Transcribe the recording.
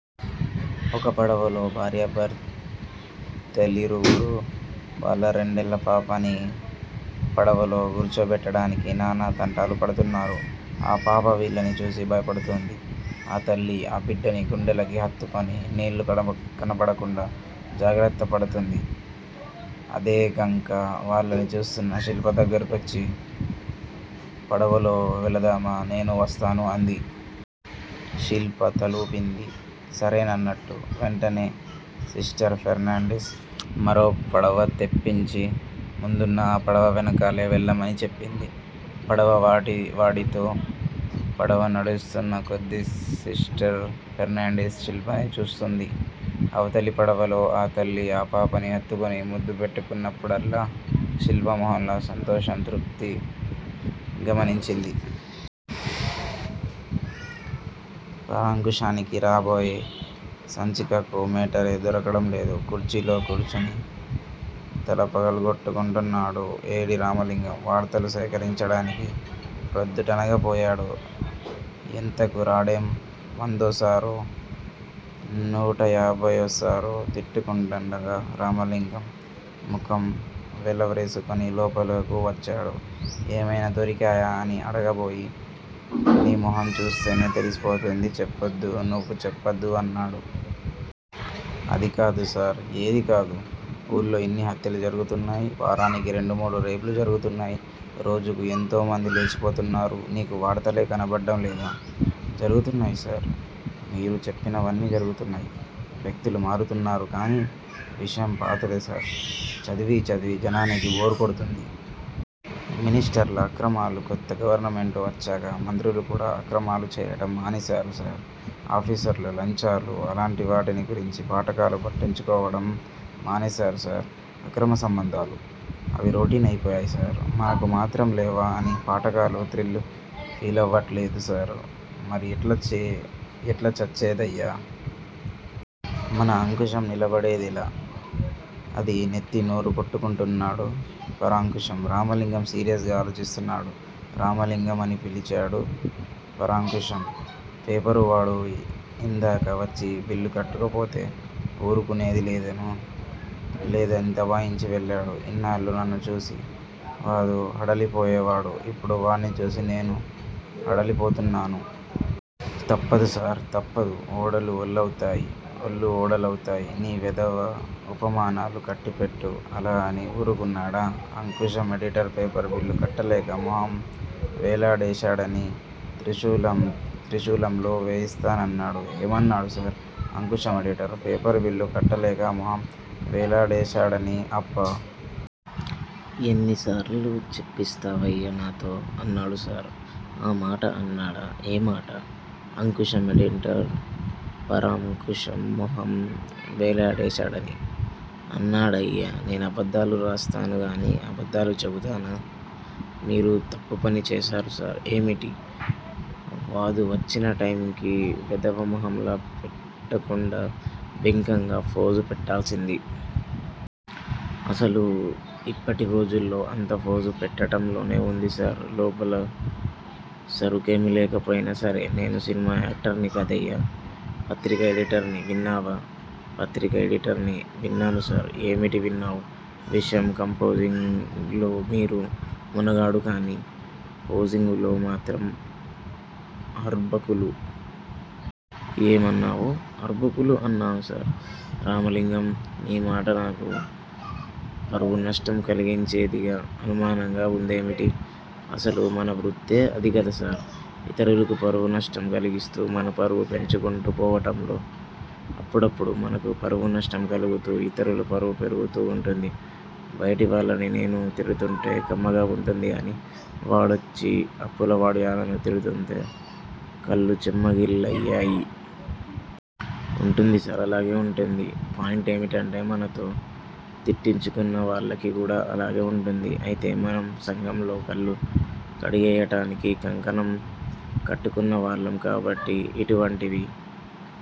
ఒక పడవలో భార్యాభర్తలిరువురూ, వాళ్ళ రెండేళ్ళపాపని పడవలో కూర్చోబెట్టడానికి, నానా తంటాలు పడుతున్నారు. ఆ పాప వీళ్ళని చూసి భయపడుతోంది. ఆ తల్లి ఆ బిడ్డని గుండెలకి హత్తుకుని నీళ్ళు కనబడకుండా జాగ్రత్త పడుతోంది. అదేకంగా వాళ్ళని చూస్తున్న శిల్ప దగ్గరకొచ్చి, 'పడవలో వెళదామా నేనూ వస్తాను' అంది. శిల్ప తలూపింది సరేనన్నట్టు. వెంటనే సిస్టర్ ఫెర్నాండిస్ మరో పడవ తెప్పించి ముందున్న ఆ పడవ వెనకాలే వెళ్ళమని చెప్పింది పడవ వాడితో. పడవ నడుస్తున్న కొద్దీ సిస్టర్ ఫెర్నాండిస్ శిల్పనే చూస్తోంది. అవతలి పడవలో ఆ తల్లి ఆ పాపని హత్తుకుని ముద్దు పెట్టుకున్నప్పుడల్లా, శిల్ప మొహంలో సంతోషం, తృప్తి గమనించింది. పరాంకుశానికి రాబోయే సంచికకు మేటరే దొరకడంలేదు. కుర్చీలో కూర్చుని తల పగలకొట్టుకుంటున్నాడు. 'ఏడీ రామలింగం! వార్తలు సేకరించటానికి ప్రొద్దుటనగా పోయాడు. ఎంతకూ రాడేం? ' వందోసారో, నూటయాభయ్యోసారో తిట్టుకుంటుండగా రామలింగం ముఖం వేలవ్రేసుకుని లోపలకు వచ్చాడు. ఏమయినా దొరికాయా? అని అడగబోయి నీ మొహంచూస్తేనే తెలిసిపోతుంది చెప్పొద్దు, నువ్వు చెప్పొద్దు అన్నాడు. అదికాదు సర్ ఏదికాదు? ఊళ్ళో ఇన్ని హత్యలు జరుగుతున్నాయి, వారానికి రెండు మూడు రేప్ లు జరుగుతున్నాయి! రోజుకు యెంతోమంది లేచిపోతున్నారు, నీకు వార్తలే కనబడ్డం లేదా? జరుగుతున్నాయి సార్! మీరు చెప్పినవన్నీ జరుగుతున్నాయి. వ్యక్తులు మారుతున్నారు కాని, విషయం పాతదే సార్! చదివీ చదివి జనానికి బోర్ కొడుతుంది. మినిష్టర్ల అక్రమాలు కొత్త గవర్నమెంటు వచ్చాక మంత్రులుకూడా అక్రమాలు చెయ్యటం మానేశారు సర్! ఆఫీసర్ల లంచాలు? అలాంటివాటిని గురించి పాఠకులు పట్టించుకోవటం మానేశారు సార్! అక్రమ సంబంధాలు? అవి రొటీన్ అయిపోయాయి సార్! మాకు మాత్రం లేవా అని పాఠకులు థ్రిల్ ఫీలవటల్లేదు సార్ మరి ఎట్లా చచ్చేదయ్యా? మన అంకుశం నిలబడేదెలా? అని నెత్తీ నోరు కొట్టుకున్నాడు పరాంకుశం. రామలింగం సీరియస్ గా ఆలోచిస్తున్నాడు. రామలింగం అని పిలిచాడు పరాంకుశం. పేపరువాడు యిందాక వచ్చి బిల్లు కట్టకపోతే ఊరుకునేది లేదని దబాయించి వెళ్ళాడు. ఇన్నాళ్ళూ నన్ను చూసి వాదు హడలిపోయేవాడు. ఇప్పుడు వాడ్నిచూసి నేను హడలిపోతున్నాను. తప్పదు సార్! తప్పదు. ఓడలు బళ్ళవుతాయి, బళ్ళు ఓడలవుతాయి. నీ వెధవ ఉపమానాలు కట్టిపెట్టు. అలా అని వూరుకున్నాడా? అంకుశం ఎడిటర్ పేపర్ బిల్లు కట్టలేక మొహం వేలాడేశాడని త్రిశూలంలో వేయిస్తా నన్నాడు. ఏమన్నాడు సార్? అంకుశం ఎడిటర్, పేపరుబిల్లు కట్టలేక మొహం వేలాడేశాడని అబ్బ! ఎన్నిసార్లు చెప్పిస్తావయ్యా నాతో? అన్నాడా సార్? ఆ మాట అన్నాడా? ఏ మాట? అంకుశం ఎడిటర్ పరాంకుశం మొహం వేలాడేశాడని. అన్నాడయ్యా! నేనబద్దాలు రాస్తానుగానీ, అబద్దాలు చెబుతానా? మీరు తప్పుపని చేశారు సార్ ఏమిటి? వాదు వచ్చిన టైంకి వెధవమొహంలా పెట్టకుండా బింకంగా ఫోజు పెట్టాల్సింది. అసలు యిప్పటిరోజుల్లో అంతా ఫోజు పెట్టటంలోనే వుంది సార్! లోపల సరుకేమీ లేకపోయినా సరే నేను సినిమా యాక్టర్ని కాదయ్యా! పత్రికా ఎడిటర్ని విన్నావా? పత్రికా ఎడిటర్ని. విన్నాను సార్! ఏమిటి విన్నావ్? విషయం కంపోజింగ్ లో మీరు మొనగాడు కాని పోజింగులో మాత్రం అర్భకులు. ఏమన్నావు? అర్భకులు అన్నాను సార్. రామలింగం! నీమాట నాకు పరువునష్టం కలిగించేదిగా అనుమానంగా వుందేమిటి? అసలు మనవృత్తే అదికదా సార్! ఇతరులకు పరువు నష్టం కలిగిస్తూ మన పరువు పెంచుకుంటూ పోవటంలో, అప్పుడప్పుడు మనకు పరువునష్టం కలుగుతూ యితరుల పరువు పెరుగుతూ వుంటుంది. బయటివాళ్ళని నేను తిడుతుంటే కమ్మగా వుంటుంది అనీ, వాడొచ్చి అప్పులవాడిలా నన్ను తిడుతుంటే కళ్ళు చెమ్మగిల్లాయయ్యా. ఉంటుంది సార్! అలాగే వుంటుంది. పాయింటేమిటంటే మనతో తిట్టించుకున్నవాళ్ళకి కూడా అలాగే వుంటుంది. అయితే మనం సంఘంలో కుళ్ళు కడిగెయ్యటానికి కంకణం కట్టుకున్నవాళ్ళం కాబట్టి యిటువంటివి